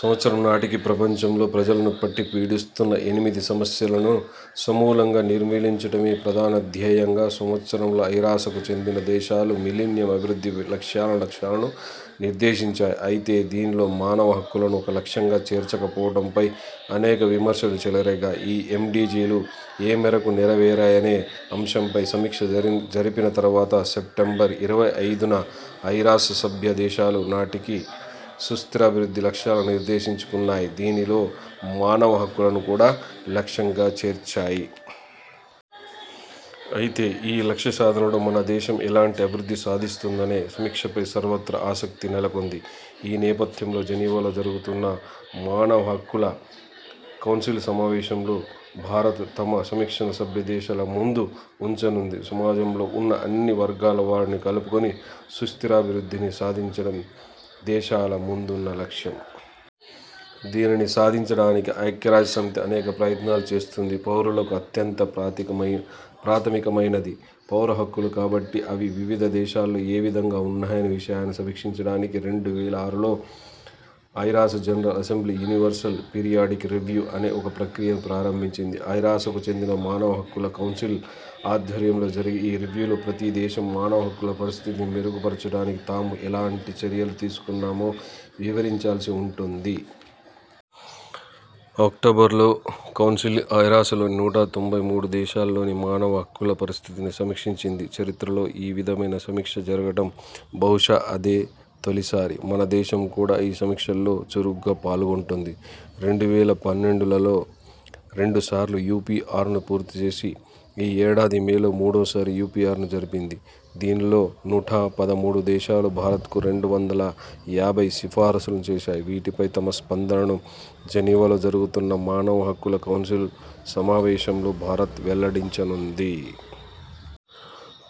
సంవత్సరం నాటికి ప్రపంచం లోని ప్రజలను పట్టి పీడిస్తున్న ఎనిమిది సమస్యలను సమూలంగా నిర్మూలించటమే ప్రధాన ధ్యేయంగా సంవత్సరంలో ఐరాసకు చెందిన దేశాలు మిలీనియం అభివృద్ధి లక్ష్యాలనులను నిర్దేశించాయి. అయితే దీనిలో మానవ హక్కులను ఒక లక్ష్యంగా చేర్చక పోవటంపై అనేక విమర్శలు చెలరేగాయి. ఈ ఎండీజీలు ఏ మేరకు నెర వేరాయనే అంశంపై సమీక్ష జరిపిన తర్వాత, సెప్టెంబర్ ఇరవై ఐదున ఐరాస సభ్య దేశాలు నాటికి సుస్థరాభివృద్ధి లక్ష్యాలను నిర్దేశించుకున్నాయి దీనిలో మానవ హక్కులను కూడా ఒక లక్ష్యంగా చేర్చాయి. అయితే ఈ లక్ష్య సాధనలో మన దేశం ఎలాంటి అభివృద్ధి సాధిస్తోందనే సమీక్షపై సర్వత్రా ఆసక్తి నెలకొంది. ఈ నేపథ్యంలో జనీవాలో జరుగుతున్న మానవ హక్కుల కౌన్సిల్ సమావేశంలో భారత్ తమ సమీక్షను సభ్య దేశాల ముందు ఉంచనుంది. సమాజంలో ఉన్న అన్ని వర్గాల వారిని కలుపుకొని సుస్థిరాభివృద్ధిని సాధించటం దేశాల ముందు ఉన్న లక్ష్యం. దీనిని సాధించటానికి ఐక్యరాజ్య సమితి అనేక ప్రయత్నాలు చేస్తోంది. పౌరులకు అత్యంత ప్రాథమికమైనవి పౌర హక్కులు కాబట్టి అవి వివిధ దేశాల్లో ఏ విధంగా ఉన్నాయనే విషయాన్ని సమీక్షించటానికి రెండు వేల ఆరులో ఐరాస general assembly universal periodic review అనే ఒక ప్రక్రియను ప్రారంభించింది ఐరాసకు చెందిన మానవహక్కుల కౌన్సిల్ ఆధ్వర్యంలో జరిగే ఈ రివ్యూలో ప్రతి దేశం మానవ హక్కుల పరిస్థితిని మెరుగుపరచటానికి తాము ఎలాంటి చర్యలు తీసుకున్నామో వివరించాల్సి ఉంటుంది. అక్టోబర్లో కౌన్సిల్ ఐరాసలోని నూట తొంభై మూడు దేశాల్లోని మానవ హక్కుల పరిస్థితిని సమీక్షించింది చరిత్రలో ఈ విధమైన సమీక్ష జరగటం బహుశా అదే తొలిసారి. మన దేశం కూడా ఈ సమీక్షల్లో చురుకుగా పాల్గొంటోంది. రెండు వేల పన్నెండులలో రెండు సార్లు యూపీఆర్ను పూర్తి చేసి ఈ ఏడాది మేలో మూడో సారి యూపీఆర్ను జరిపింది దీనిలో నూట పదమూడు దేశాలు భారత్కు రెండు వందల యాభై సిఫార్సులను చేశాయి వీటిపై తమ స్పందనను జనీవాలో జరుగుతున్న మానవ హక్కుల కౌన్సిల్ సమావేశంలో భారత్ వెల్లడించనుంది.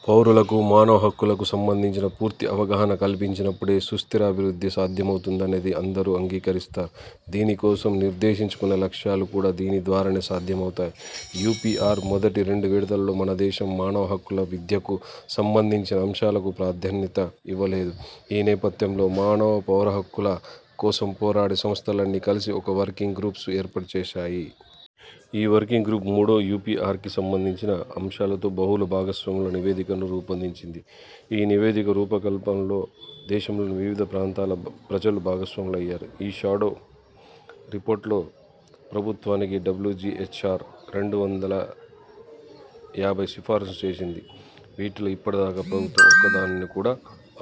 పౌరులకు మానవుల హక్కులకు సంబంధించిన పూర్తి అవగాహన కల్పించినప్పుడే సుస్థిరాభివృద్ధి సాధ్యమవుతుందనేది అందరూ అంగీకరిస్తారు. దీని కోసం నిర్దేశించుకున్న లక్ష్యాలు కూడా దీని ద్వారానే సాధ్యమవుతాయి. యూపీఆర్ మొదటి, రెండు విడతలలో మన దేశం మానవ హక్కుల విద్యకు సంబంధించిన అంశాలకు ప్రాధాన్యత ఇవ్వలేదు. ఈ నేపథ్యంలో మానవ, పౌర హక్కుల కోసం పోరాడే సంస్థలన్నీ కలిసి ఒక వర్కింగ్ గ్రూప్ను ఏర్పాటుచేశాయి. ఈ వర్కింగ్ గ్రూప్ మూడో యూపీఆర్కి సంబంధించిన అంశాలతో బహుళ భాగస్వాముల నివేదిక ను రూపొందించింది. ఈ నివేదిక రూపకల్పనలో దేశంలోని వివిధ ప్రాంతాల ప్రజలు భాగస్వామ్యులయ్యారు. ఈ షాడో రిపోర్ట్లో ప్రభుత్వానికి డబ్ల్యుజీహెచ్ఆర్ రెండు వందల యాభై సిఫార్సులను చేసింది. వీటిలో ఇప్పటిదాకా ప్రభుత్వం ఒక్క దానినీ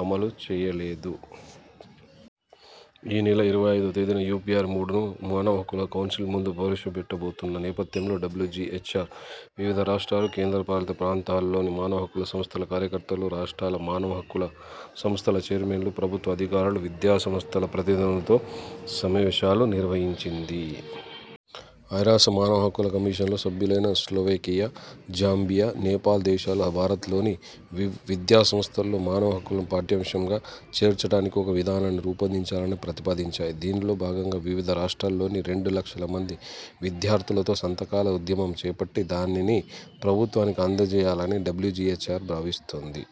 అమలు చేయలేదు. ఈ నెల ఇరవై ఐదువ తేదీన యూపీఆర్ మూడుని మానవ హక్కుల కౌన్సిల్ ముందు ప్రవేశపెట్టబోతున్న నేపథ్యంలో డబ్ల్యుజీహెచ్ఆర్ వివిధ రాష్ట్రాలు, కేంద్ర పాలిత ప్రాంతాల్లోని మానవ హక్కుల సంస్థల కార్యకర్తలు, రాష్ట్రాల మానవ హక్కుల సంస్థల ఛైర్మన్లు, ప్రభుత్వ అధికారులు, విద్యా సంస్థల ప్రతినిధులతో సమావేశాలు నిర్వహించింది. ఐరాస మానవ హక్కుల కమిషన్లో సభ్యులైన స్లోవేకియా, జాంబియా, నేపాల్ దేశాలు భారత్లోని విద్యా సంస్థల్లో మానవ హక్కులను పాఠ్యాంశంగా చేర్చటానికి ఒక విధానాన్ని రూపొందించాలని ప్రతిపాదించాయి. దీనిలో భాగంగా వివిధ రాష్ట్రాల్లోని రెండు లక్షల మంది విద్యార్థులతో సంతకాల ఉద్యమం చేపట్టి దానిని ప్రభుత్వానికి అందచేయాలని డబ్లుజీహెచ్ఆర్ భావిస్తోంది.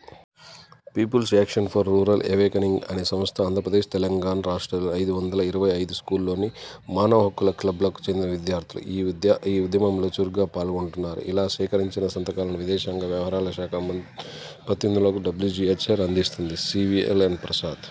People's action for rural awakening అనే సంస్థ ఆంధ్రప్రదేశ్, తెలంగాణ రాష్ట్రాలోని ఐదు వందల ఇరవై ఐదు స్కూళ్లలోని మానవ హక్కుల క్లబ్లకు చెందిన విద్యార్థులు ఈ ఉద్యమంలో చురుకుగా పాల్గొంటున్నారు. ఇలా సేకరించిన సంతకాలను విదేశాంగ వ్యవహారాల శాఖ ప్రతినిధులకు డబ్ల్యుజీహెచ్ఆర్ అందిస్తుంది. C. V. L. N. Prasad